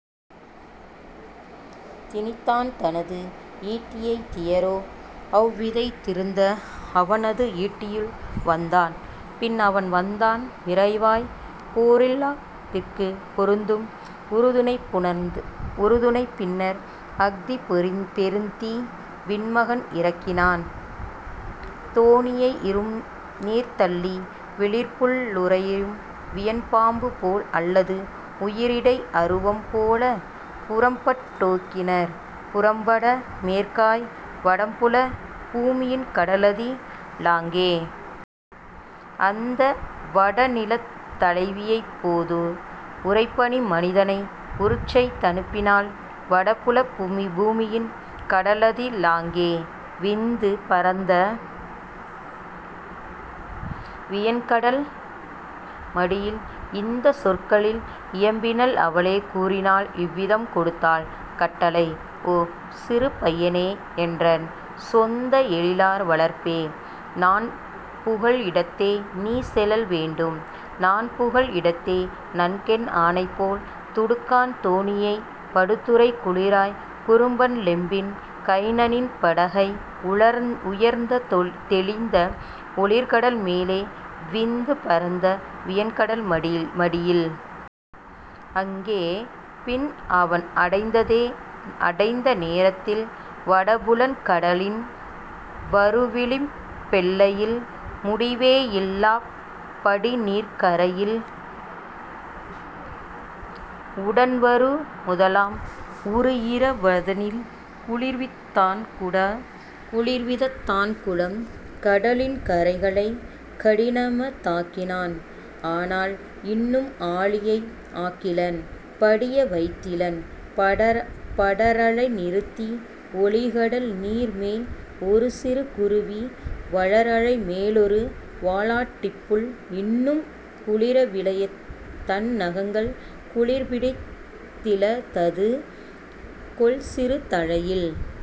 திணித்தான் தனது ஈட்டியைத் தியேரா அஹ்திவைத் திருந்த அவனது ஈட்டியுள் வந்தான் பின்அவன் வந்தான் விரைவாய் போரிலஹ் திக்குப் பொருந்தும் உறுதுணை பின்னர் அஹ்தி பெருந்தீ வின்மகன் இறக்கினன் தோணியை இரும்நீர்த் தள்ளி। வெளிர்புல் லுறையும் வியன் பாம்புபோல் அல்லது உயிருடை அரவம் போல புறப்பட் டேகினர் புறம்வட மேற்காய் வடபுலப் பூமியின் கடலதி லாங்கே. அந்த வடநிலத் தலைவியைப் போது உறைபனி மனிதனை உருச்செய் தனுப்பினள் வடபுலப் பூமியின் கடலதி லாங்கே விந்து பரந்த வியன்கடல் மடியில்; இந்தச் சொற்களில் இயம்பினள் அவளே கூறினாள் இவ்விதம் கொடுத்தாள் கட்டளை: "உறைபனி மைந்தனே ஓ, சிறு பையனே! என்றன் சொந்த எழிலார் வளர்ப்பே! நான்புகல் இடத்தே நீசெலல் வேண்டும் நான்புகல் இடத்தே நன்கென் ஆணைபோல்: துடுக்கான் தோணியைப் படுத்துறை குளிராய் குறும்பன் லெம்மின் கைனனின் படகை உயர்ந்த தெளிந்த ஒளிர்கடல் மேலே விந்து பரந்த வியன்கடல் மடியில்! அங்கே பின்அவன் அடைந்தநே ரத்தில் வடபுலக் கடலின் வருவிளிம் பெல்லையில் முடிவே யில்லாப் படிநீர்க் கரையில் உடன்வரு முதலாம் உறுஇர வதனில் குளிர்வித் தான்குடா, குளிர்வித் தான்குளம், கடலின் கரைகளைக் கடினம தாக்கினான் ஆனால் இன்னும் ஆழியை ஆக்கிலன் படிய வைத்திலன் படரலை நிறுத்தி; ஒலிகடல் நீர்மேல் ஒருசிறு குருவி வளர்அலை மேலொரு வாலாட் டிப்புள் இன்னும் குளிர விலையதன் நகங்கள் குளிர்பிடித் திலதது கொள்சிறு தலையில்.